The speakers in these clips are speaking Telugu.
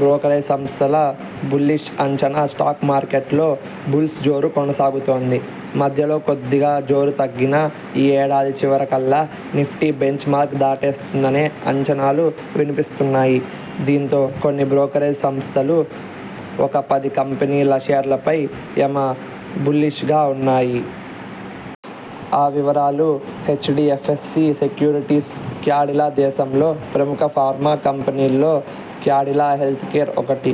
బ్రోకరేజ్ సంస్థల బుల్లిష్ అంచనా స్టాక్ మార్కెట్లో బుల్స్ జోరు కొనసాగుతోంది. మధ్యలో కొద్దిగా జోరు తగ్గినా ఈ ఏడాది చివరి కల్లా నిఫ్టీ బెంచ్మార్క్ దాటేస్తుందనే అంచనాలు వినిపిస్తున్నాయి. దీంతో కొన్ని బ్రోకరేజ్ సంస్థలు ఒక పది కంపెనీల షేర్లపై యమ బుల్లి్షగా ఉన్నాయి. ఆ వివరాలు హెచ్డిఎ్ఫసి సెక్యూరిటీస్ క్యాడిలా దేశంలోని ప్రముఖ ఫార్మా కంపెనీల్లో క్యాడిలా హెల్త్కేర్ ఒకటి.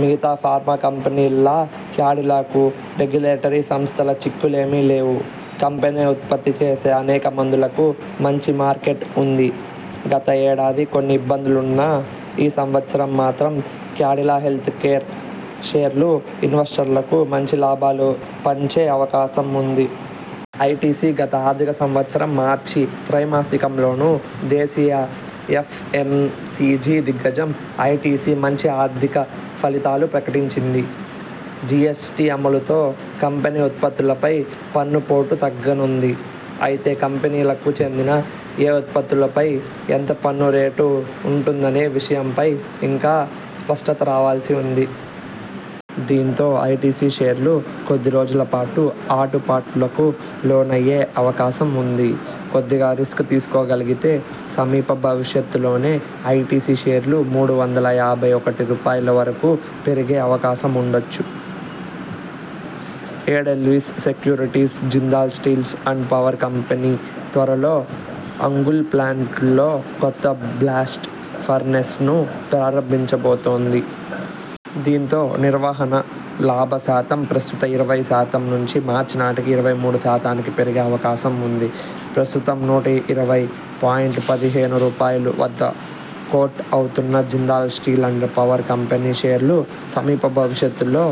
మిగతా ఫార్మా కంపెనీల్లా క్యాడిలాకు రెగ్యులేటరీ సంస్థల చిక్కులేమీ లేవు. కంపెనీ ఉత్పత్తి చేసే అనేక మందులకు మంచి మార్కెట్ ఉంది. గత ఏడాది కొన్ని ఇబ్బందులున్నా ఈ సంవత్సరం మాత్రం క్యాడిలా హెల్త్కేర్ షేర్లు ఇన్వెస్టర్లకు మంచి లాభాలు పంచే అవకాశం ఉంది. ఐటిసి గత ఆర్థిక సంవత్సరం మార్చి త్రైమాసికంలోనూ దేశీయ ఎఫ్ఎంసిజి దిగ్గజం ఐటిసి మంచి ఆర్థిక ఫలితాలు ప్రకటించింది. జిఎ్సటి అమలుతో కంపెనీ ఉత్పత్తులపై పన్ను పోటూ తగ్గనుంది. అయితే కంపెనీకి చెందిన ఏ ఉత్పత్తులపై ఎంత పన్ను రేటు ఉంటుందనే విషయంపై ఇంకా స్పష్టత రావాల్సి ఉంది. దీంతో ఐటిసి షేర్లు కొద్ది రోజుల పాటు ఆటుపోట్లకు లోనయ్యే అవకాశం ఉంది. కొద్దిగా రిస్కు తీసుకోగలిగితే సమీప భవిష్యతలోనే ఐటిసి షేర్లు మూడు వందల యాభై ఒకటి రూపాయలు వరకు పెరిగే అవకాశం ఉండొచ్చు. Edelweiss securities Jindal steel and power company త్వరలో అంగుల్ ప్లాంట్లో కొత్త బ్లాస్ట్ ఫర్నేస్ ను ప్రారంభించబోతోంది. దీంతో నిర్వహణ లాభ శాతం ప్రస్తుత ఇరవై శాతం నుంచి మార్చి నాటికి ఇరవై మూడు శాతానికి పెరిగే అవకాశం ఉంది ప్రస్తుతం నూట ఇరవై పాయింట్ పదిహేను రూపాయలు వద్ద కోట్ అవుతున్న Jindal steel and power company షేర్లు సమీప భవిష్యతలో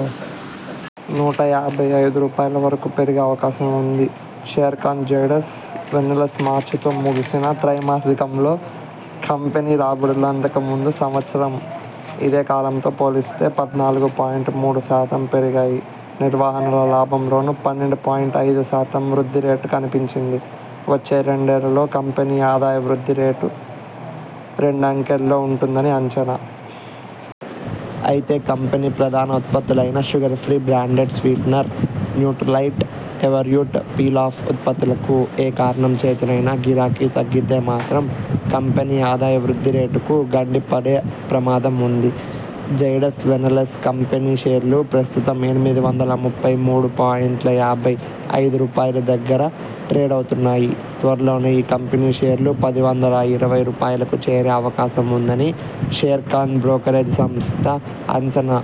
నూట యాభై ఐదు రూపాయలువరకు పెరిగే అవకాశం ఉంది షేర్ఖాన్ జైడస్ వెల్నెస్మార్చితో ముగిసిన త్రైమాసికంలో కంపెనీ రాబడులు అంతకు ముందు సంవత్సరం ఇదే కాలంతో పోలిస్తే పద్నాలుగు పాయింట్ మూడు శాతం పెరిగాయి నిర్వహణ లాభంలోనూ పన్నెండు పాయింట్ ఐదు శాతం వృద్ధి రేటు కనిపించింది వచ్చే రెండేళ్లలో కంపెనీ ఆదాయ వృద్ధి రేటు రెండంకెల్లో ఉంటుందని అంచనా. అయితే కంపెనీ ప్రధాన ఉత్పత్తులైన Sugar Free branded sweetener, Nutralite, Everyuth peel off ఉత్పత్తులకు ఏ కారణం చేతనైనా గిరాకీ తగ్గితే మాత్రం కంపెనీ ఆదాయ వృద్ధి రేటుకు గండి పడే ప్రమాదం ఉంది. జైడస్ వెల్నెస్ కంపెనీ షేర్లు ప్రస్తుతం ఎనిమిది వందల ముప్పై మూడు పాయింట్ యాభై ఐదు రూపాయలు దగ్గర ట్రేడవుతున్నాయి త్వరలోనే ఈ కంపెనీ షేర్లు పది వందల ఇరవై రూపాయలుకు చేరు అవకాశం ఉందని షేర్ఖాన్ బ్రోకరేజ్ సంస్థ అంచనా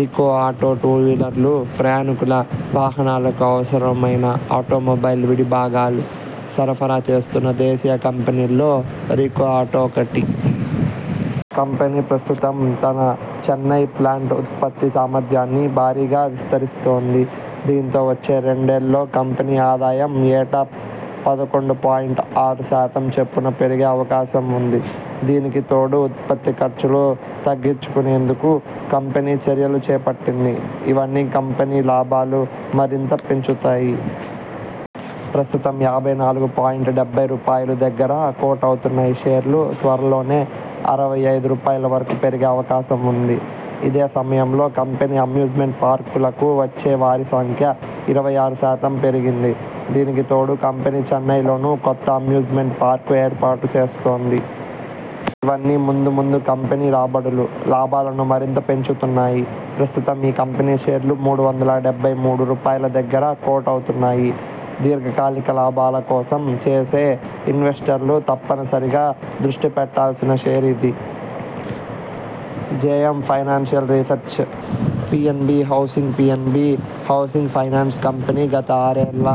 రికో ఆటో టూవీలర్లు, ప్రయాణికుల వాహనాలకు అవసరమైన ఆటోమొబైల్ విడి భాగాలు సరఫరా చేస్తున్న దేశీయ కంపెనీల్లో రికో ఆటో ఒకటి. కంపెనీ ప్రస్తుతం తన చెన్నై ప్లాంట్ ఉత్పత్తి సామర్ధ్యాన్ని భారీగా విస్తరిస్తోంది. దీంతో వచ్చే రెండేళ్లలో కంపెనీ ఆదాయం ఏటా పదకొండు పాయింట్ ఆరు శాతం చొప్పున పెరిగే అవకాశం ఉంది దీనికి తోడు ఉత్పత్తి ఖర్చులు తగ్గించుకునేందుకూ కంపెనీ చర్యలు చేపట్టింది. ఇవన్నీ కంపెనీ లాభాలు మరింత పెంచుతాయి. ప్రస్తుతం యాభై నాలుగు పాయింట్ డెబ్బై రూపాయలు దగ్గర కోట్ అవుతున్న ఈ షేర్లు త్వరలోనే అరవై ఐదు రూపాయలువరకు పెరిగే అవకాశం ఉంది. ఇదే సమయంలో కంపెనీ అమ్యూజ్మెంట్ పార్కులకు వచ్చే వారి సంఖ్యా ఇరవై ఆరు శాతం పెరిగింది. దీనికి తోడు కంపెనీ చెన్నైలోనూ కొత్త అమ్యూజ్మెంట్ పార్కు ఏర్పాటు చేస్తోంది. ఇవన్నీ ముందు ముందు కంపెనీ రాబడులు, లాభాలను మరింత పెంచనున్నాయి. ప్రస్తుతం ఈ కంపెనీ షేర్లు మూడు వందల డెబ్బై మూడు రూపాయలుదగ్గర కోట్ అవుతున్నాయి దీర్ఘకాలిక లాభాల కోసం చూసే ఇన్వెస్టర్లు తప్పనిసరిగా దృష్టి పెట్టాల్సిన షేరు ఇది. JM financial research PNB housing PNB housing finance company గత ఆరేళ్ల